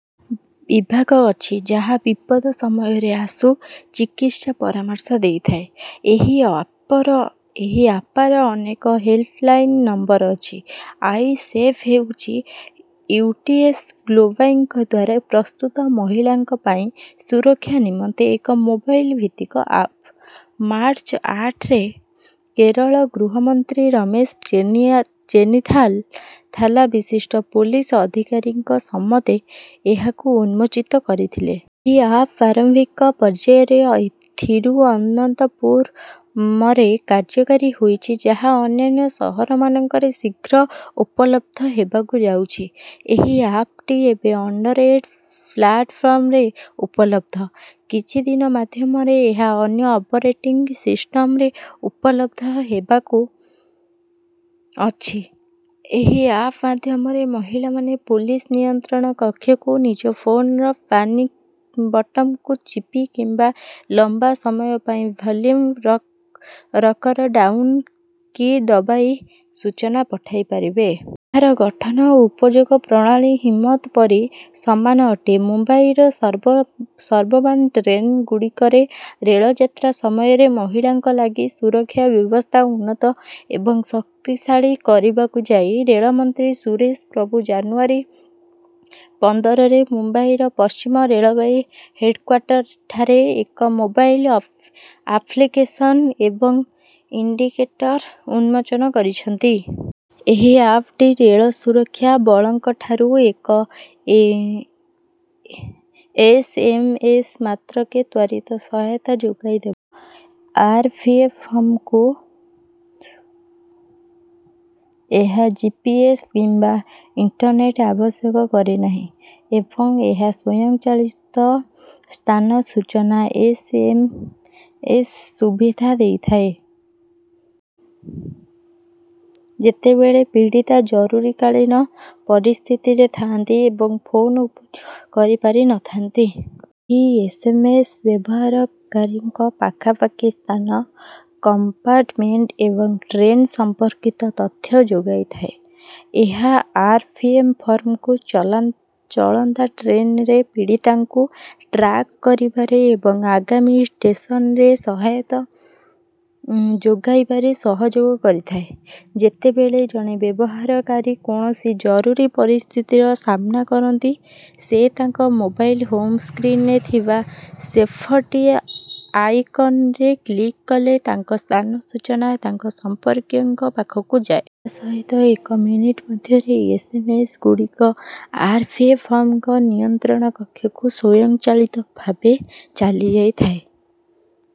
ବିଭାଗ ଅଛି ଯାହା ବିପଦ ସମୟରେ ଆଶୁ ଚିକିତ୍ସା ପରାମର୍ଶ ଦେଇଥାଏ। ଏହି ଆପର ଆପାର ଅନେକ ହେଲ୍ପଲାଇନ ନମ୍ବର ଅଛି। ଆଇ ସେଫ ହେଉଛି ୟୁଏସଟି ଗ୍ଲୋବାଲଙ୍କ ଦ୍ୱାରା ପ୍ରସ୍ତୁତ ମହିଳାଙ୍କ ପାଇଁ ସୁରକ୍ଷା ନିମନ୍ତେ ଏକ ମୋବାଇଲ ଭିତ୍ତିକ ଆପ। ମାର୍ଚ୍ଚ ଆଠ ରେ କେରଳ ଗୃହମନ୍ତ୍ରୀ ରମେଶ ଚେନିଥାଲା ବିଶିଷ୍ଟ ପୋଲିସ ଅଧିକାରୀଙ୍କ ସମେତ ଏହାକୁ ଉନ୍ମୋଚିତ କରିଥିଲେ। ଏହି ଆପ ପ୍ରାରମ୍ଭିକ ପର୍ଯ୍ୟାୟରେ ଥିରୁଅନନ୍ତପୁରମରେ କାର୍ଯ୍ୟକାରୀ ହୋଇଛି ଯାହା ଅନ୍ୟାନ୍ୟ ସହରମାନଙ୍କରେ ଶୀଘ୍ର ଉପଲବ୍ଧ ହେବାକୁ ଯାଉଛି। ଏହି ଆପଟି ଏବେ ଆଣ୍ଡରଏଡ ପ୍ଲାଟଫର୍ମରେ ଉପଲବ୍ଧ। କିଛି ଦିନ ମଧ୍ୟରେ ଏହା ଅନ୍ୟ ଅପରେଟିଂ ସିଷ୍ଟମରେ ଉପଲବ୍ଧ ହେବାକୁ ଅଛି। ଏହି ଆପ ମାଧ୍ୟମରେ ମହିଳାମାନେ ପୋଲିସ ନିୟନ୍ତ୍ରଣ କକ୍ଷକୁ ନିଜ ଫୋନର ପାନିକ ବଟନକୁ ଚିପି କିମ୍ବା ଲମ୍ବା ସମୟ ପାଇଁ ଭଲ୍ୟୁମ ରକ୍ ରକର ଡାଉନ କି ଦବାଇ ସୂଚନା ପଠାଇପାରିବେ। ଏହାର ଗଠନ ଓ ଉପଯୋଗ ପ୍ରଣାଳୀ ହିମ୍ମତ ପରି ସମାନ ଅଟେ। ମୁମ୍ବାଇର ସର୍ବ ସବର୍ବାନ ଟ୍ରେନଗୁଡ଼ିକରେ ରେଳଯାତ୍ରା ସମୟରେ ମହିଳାଙ୍କ ଲାଗି ସୁରକ୍ଷା ବ୍ୟବସ୍ଥାକୁ ଉନ୍ନତ ଏବଂ ଶକ୍ତିଶାଳୀ କରିବାକୁ ଯାଇ ରେଳମନ୍ତ୍ରୀ ସୁରେଶ ପ୍ରଭୁ ଜାନୁଆରୀ ପନ୍ଦର ରେ ମୁମ୍ବାଇର ପଶ୍ଚିମ ରେଳବାଇ ହେଡକ୍ୱାର୍ଟରଠାରେ ଏକ ମୋବାଇଲ ଅଫ୍ ଆଫ୍ଲିକେସନ ଏମ ଇଣ୍ଡିକେଟର ଉନ୍ମୋଚନ କରିଛନ୍ତି। ଏହି ଆପଟି ରେଳ ସୁରକ୍ଷା ବଳଙ୍କଠାରୁ ଏକ ଏ ଏସଏମଏସ ମାତ୍ରକେ ତ୍ୱରିତ ସହାୟତା ଯୋଗାଇଦେବ। ଆରପିଏଫକୁ ଏହା ଜିପିଏସ କିମ୍ବା ଇଣ୍ଟରନେଟ ଆବଶ୍ୟକ କରେନାହିଁ ଏବଂ ଏହା ସ୍ୱୟଂଚାଳିତ ସ୍ଥାନ ସୂଚନା ଏସଏମଏସ ସୁବିଧା ଦେଇଥାଏ ଯେତେବେଳେ ପୀଡିତା ଜରୁରୀକାଳୀନ ପରିସ୍ଥିତିରେ ଥାଆନ୍ତି ଏବଂ ଫୋନ ଉପଯୋଗ କରିପାରିନଥାନ୍ତି। ଏହି ଏସଏମଏସ ବ୍ୟବହାରକାରୀଙ୍କ ପାଖାପାଖି ସ୍ଥାନ, କମ୍ପାର୍ଟମେଣ୍ଟ ଏବଂ ଟ୍ରେନ ସମ୍ପର୍କିତ ତଥ୍ୟ ଯୋଗାଇଥାଏ। ଏହା ଆରପିଏଫକୁ ଚଲାନ୍ ଚଳନ୍ତା ଟ୍ରେନରେ ପୀଡିତାଙ୍କୁ ଟ୍ରାକ କରିବାରେ ଏବଂ ଆଗାମୀ ଷ୍ଟେସନରେ ସହାୟତ ଯୋଗାଇବାରେ ସହଯୋଗ କରିଥାଏ। ଯେତେବେଳେ ଜଣେ ବ୍ୟବହାରକାରୀ କୌଣସି ଜରୁରୀ ପରିସ୍ଥିତିର ସାମ୍ନା କରନ୍ତି ସେ ତାଙ୍କ ମୋବାଇଲ ହୋମ ସ୍କ୍ରିନରେ ଥିବା ସେଫଟି ଆଇକନରେ କ୍ଲିକ କଲେ ତାଙ୍କ ସ୍ଥାନ ସୂଚନା ତାଙ୍କ ସମ୍ପର୍କୀୟଙ୍କ ପାଖକୁ ଯାଏ। ତା ସହିତ ଏକ ମିନିଟ ମଧ୍ୟରେ ଏସଏମଏସ ଗୁଡ଼ିଏ ଆରଫିଏଫଙ୍କ ନିୟନ୍ତ୍ରଣ କକ୍ଷକୁ ସ୍ୱୟଂଚାଳିତ ଭାବେ ଚାଲିଯାଇଥାଏ।